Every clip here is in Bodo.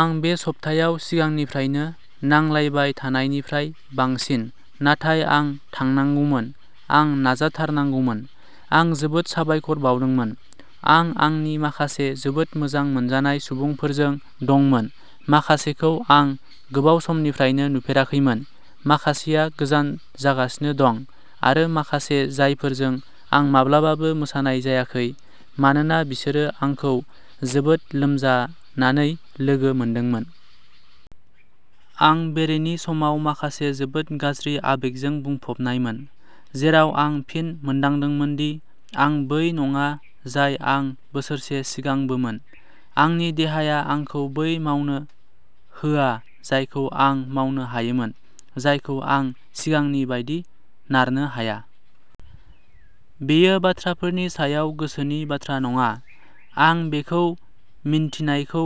आं बे सप्तायाव सिगांनिफ्रायनो नांलायबाय थानायनिफ्राय बांसिन, नाथाय आं थांनांगौमोन-आं नाजाथारनांगौमोन। आं जोबोद साबायखर बावदोंमोन। आं आंनि माखासे जोबोद मोजां मोनजानाय सुबुंफोरजों दंमोन, माखासेखौ आं गोबाव समनिफ्रायनो नुफेराखैमोन, माखासेया गोजान जागासिनो दं, आरो माखासे जायफोरजों आं माब्लाबाबो मोसानाय जायाखै, मानोना बिसोरो आंखौ जोबोद लोमजानानै लोगो मोनदोंमोन। आं बेरेनि समाव माखासे जोबोद गाज्रि आबेगजों बुंफबनायमोन। जेराव आं फिन मोनदांदोंमोन दि आं बै नङा जाय आं बोसोरसे सिगांबोमोन। आंनि देहाया आंखौ बै मावनो होआ जायखौ आं मावनो हायोमोन। जायखौ आं सिगांनि बायदि नारनो हाया। बेयो बाथ्राफोरनि सायाव गोसोनि बाथ्रा नङा। आं बेखौ मिन्थिनायखौ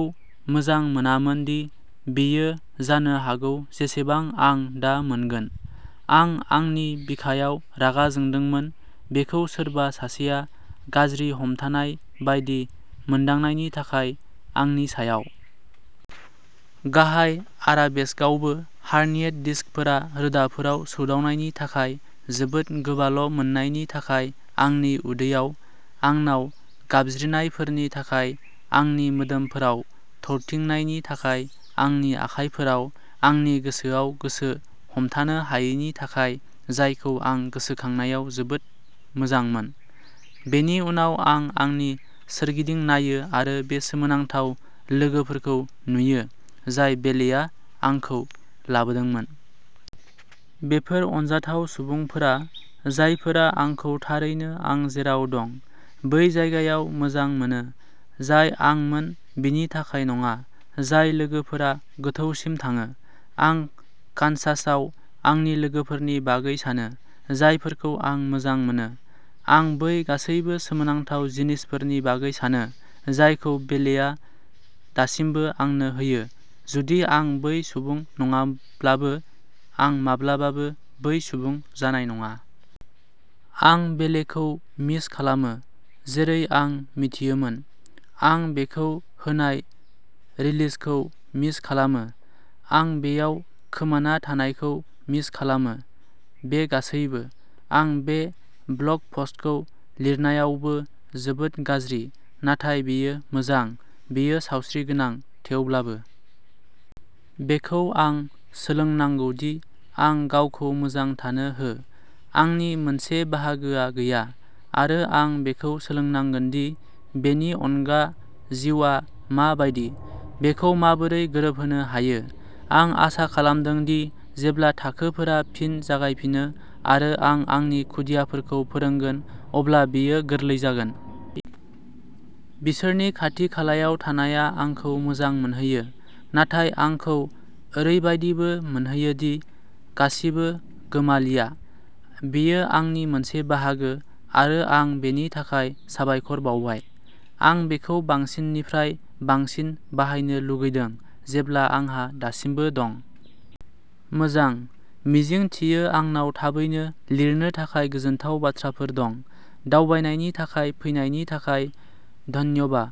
मोजां मोनामोन दि बियो जानो हागौ जेसेबां आं दा मोनगोन। आं आंनि बिखायाव रागा जोंदोंमोन, बेखौ सोरबा सासेआ गाज्रि हमथानाय बायदि मोनदांनायनि थाखाय, आंनि सायाव। गाहाय आराबेस्कआवबो हार्नियेट डिस्कफोरा रोदाफोराव सौदावनायनि थाखाय, जोबोद गोबाल'मोनानायनि थाखाय आंनि उदैयाव, आंनाव गाबज्रिनायफोरनि थाखाय आंनि मोदोमफोराव, थरथिंनायनि थाखाय आंनि आखायफोराव, आंनि गोसोआव गोसो हमथानो हायैनि थाखाय जायखौ आं गोसोखांनायाव जोबोद मोजांमोन। बेनि उनाव आं आंनि सोरगिदिं नायो आरो बे सोमोनांथाव लोगोफोरखौ नुयो, जाय बेलेआ आंखौ लाबोदोंमोन। बेफोर अनजाथाव सुबुंफोरा, जायफोरा आंखौ थारैनो आं जेराव दं, बै जायगायाव मोजां मोनो, जाय आंमोन बिनि थाखाय नङा। जाय लोगोफोरा गोथौसिम थाङो। आं कानसासआव आंनि लोगोफोरनि बागै सानो, जायफोरखौ आं मोजां मोनो। आं बै गासैबो सोमोनांथाव जिनिसफोरनि बागै सानो, जायखौ बेलेआ दासिमबो आंनो होयो, जुदि आं बै सुबुं नङाब्लाबो, आं माब्लाबाबो बै सुबुं जानाय नङा। आं बेलेखौ मिस खालामो, जेरै आं मिथियोमोन। आं बेखौ होनाय रिलिजखौ मिस खालामो, आं बेयाव खोमाना थानायखौ मिस खालामो। बे गासैबो। आं बे ब्ल'ग पस्टखौ लिरनायावबो जोबोद गाज्रि। नाथाय बेयो मोजां। बेयो सावस्रि गोनां, थेवब्लाबो। बेखौ आं सोलोंनांगौ दि आं गावखौ मोजां थानो हो। आंनि मोनसे बाहागोआ गैया, आरो आं बेखौ सोलोंनांगोन दि बेनि अनगा जिउआ मा बायदि, बेखौ माबोरै गोरोबहोनो हायो। आं आसा खालामदों दि जेब्ला थाखोफोरा फिन जागायफिनो आरो आं आंनि खुदियाफोरखौ फोरोंगोन, अब्ला बेयो गोरलै जागोन। बिसोरनि खाथि-खालायाव थानाया आंखौ मोजां मोनहोयो, नाथाय आंखौ ओरैबायदिबो मोनहोयो दि गासिबो गोमालिया। बेयो आंनि मोनसे बाहागो, आरो आं बेनि थाखाय साबायखर बावबाय। आं बेखौ बांसिननिफ्राय बांसिन बाहायनो लुगैदों, जेब्ला आंहा दासिमबो दं। मोजां, मिजिंथियो आंनाव थाबैनो लिरनो थाखाय गोजोनथाव बाथ्राफोर दं। दावबायनायनि थाखाय फैनायनि थाखाय धन्यबा,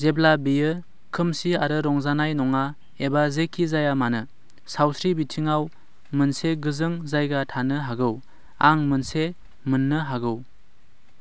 जेब्ला बेयो खोमसि आरो रंजानाय नङा एबा जेखि जाया मानो। सावस्रि बिथिङाव मोनसे गोजों जायगा थानो हागौ। आं मोनसे मोननो हागौ।